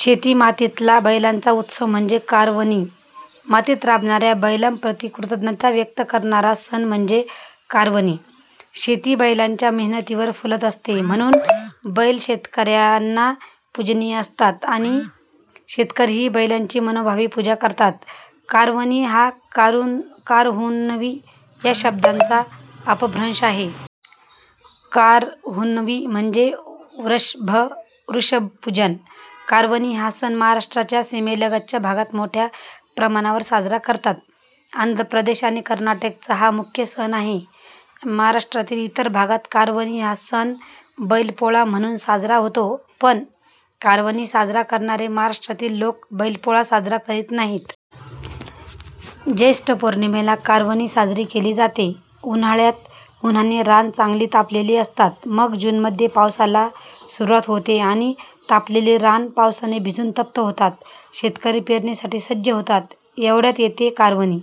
शेती-मातीतला बैलांचा उत्सव म्हणजे कारवनी. मातीत राबणाऱ्या बैलांप्रती कृतज्ञता व्यक्त करणारा सण म्हणजे कारवनी. शेती बैलांच्या मेहनतीवर फुलत असते. म्हणून बैल शेतकऱ्यांना पूजनीय असतात आणि शेतकरीही बैलांची मनोभावे पूजा करतात. 'कारवनी' हा 'कारहुणवी' या शब्दाचा अपभ्रंश आहे. कारहुणवी म्हणजे व्रषभपूजन. कारवणी हा सण महाराष्ट्राच्या सीमेलगतच्या भागात मोठ्या प्रमाणावर साजरा करतात. आंध्रप्रदेश आणि कर्नाटकचा हा मुख्य सण आहे. महाराष्ट्रातील इतर भागात कारवणी हा सण 'बैलपोळा' म्हणून साजरा होतो. पण कारवनी साजरा करणारे महाराष्ट्रातील लोक बैलपोळा साजरा करीत नाहीत. ज्येष्ठ पौर्णिमेला कारवनी साजरी केली जाते. उन्हाळ्यात उन्हाने रानं चांगली तापलेली असतात. मग जूनमध्ये पावसाला सुरुवात होते आणि तापलेली रानं पावसाने भिजून तप्त होतात. शेतकरी पेरणीसाठी सज्ज होतात. एवढ्यात येते कारवनी.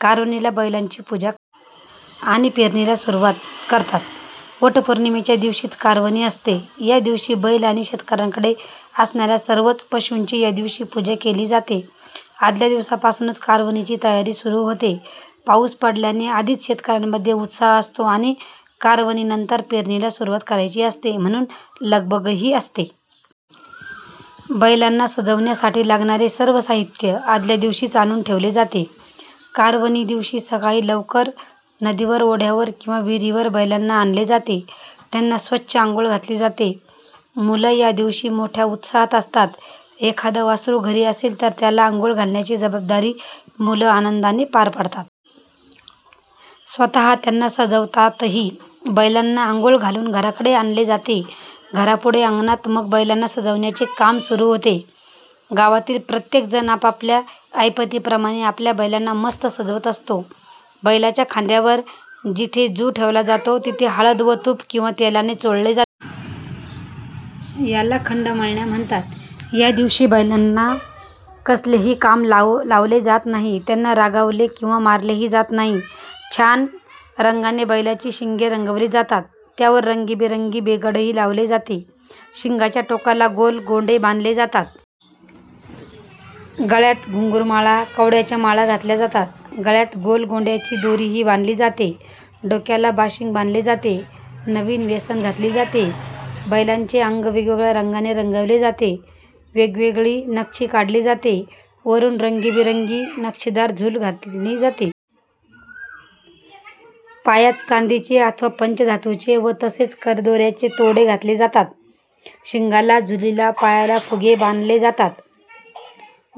कारवनीला बैलांची पूजा करतात. आणि पेरणीला सुरुवात करतात. वटपौर्णिमेदिवशीच कारवनी असते. या दिवशी बैल आणि शेतकऱ्यांकडे असणाऱ्या सर्वच पशूंची यादिवशी पूजा केली जाते. आदल्या दिवसापासूनच कारवनीची तयारी सुरू होते. पाऊस पडल्याने आधीच शेतकऱ्यांमध्ये उत्साह असतो. आणि कारवनीनंतर पेरणीला सुरुवात करायची असते म्हणून लगबगही असते. बैलांना सजवण्यासाठी लागणारे सर्व साहित्य आदल्यादिवशीच आणून ठेवले जाते. कारवनीदिवशी सकाळी लवकर नदीवर, ओढ्यावर किंवा विहिरीवर बैलांना आणले जाते. त्यांना स्वच्छ आंघोळ घातली जाते. मुलं या दिवशी मोठ्या उत्साहात असतात. एखादं वासरू घरी असेल तर त्याला अंघोळ घालण्याची जबाबदारी मुलं आनंदाने पार पाडतात. स्वतः त्यांना सजवतातही. बैलांना अंघोळ घालून घराकडे आणले जाते. घरापुढे अंगणात मग बैलांना सजवण्याचे काम सुरू होते. गावातील प्रत्येकजण आपापल्या ऐपतीप्रमाणे आपल्या बैलांना मस्त सजवत असतो. बैलांच्या खांद्यावर जिथे जू ठेवला जातो तिथे हळद व तूप किंवा तेलाने चोळले जाते. याला खंडमळण्या म्हणतात. या दिवशी बैलांना कसलेही काम लावले जात नाही. त्यांना रागावले किंवा मारलेही जात नाही. छान रंगाने बैलांची शिंगे रंगवली जातात. त्यावर रंगीबेरंगी बेगडही लावले जाते. शिंगाच्या टोकाला गोल गोंडे बांधले जातात. गळ्यात घुंगुरमाळा, कवड्याच्या माळा घातल्या जातात. गळ्यात गोल गोंड्याची दोरीही बांधली जाते. डोक्याला बाशिंग बांधले जाते. नवीन वेसण घातली जाते. बैलांचे अंग वेगवेगळ्या रंगाने रंगवले जाते. वेगवेगळी नक्षी काढली जाते. वरून रंगीबेरंगी नक्षीदार झूल घातली जाते. पायात चांदीचे अथवा पंचधातूचे व तसेच करदोऱ्याचे तोडे घातले जातात. शिंगाला, झूलीला, पायाला फुगे बांधले जातात.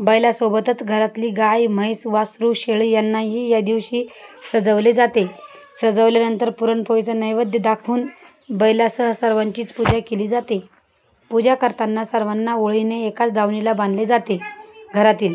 बैलांसोबतच घरातील गाय, म्हैस, वासरू, शेळी यांनाही या दिवशी सजवले जाते. सजवल्यानंतर पुरणपोळीचा नैवेद्य दाखवून बैलांसह सर्वांचीच पूजा केली जाते. पूजा करताना सर्वांना ओळीने एकाच दावणीला बांधले जाते. घरातील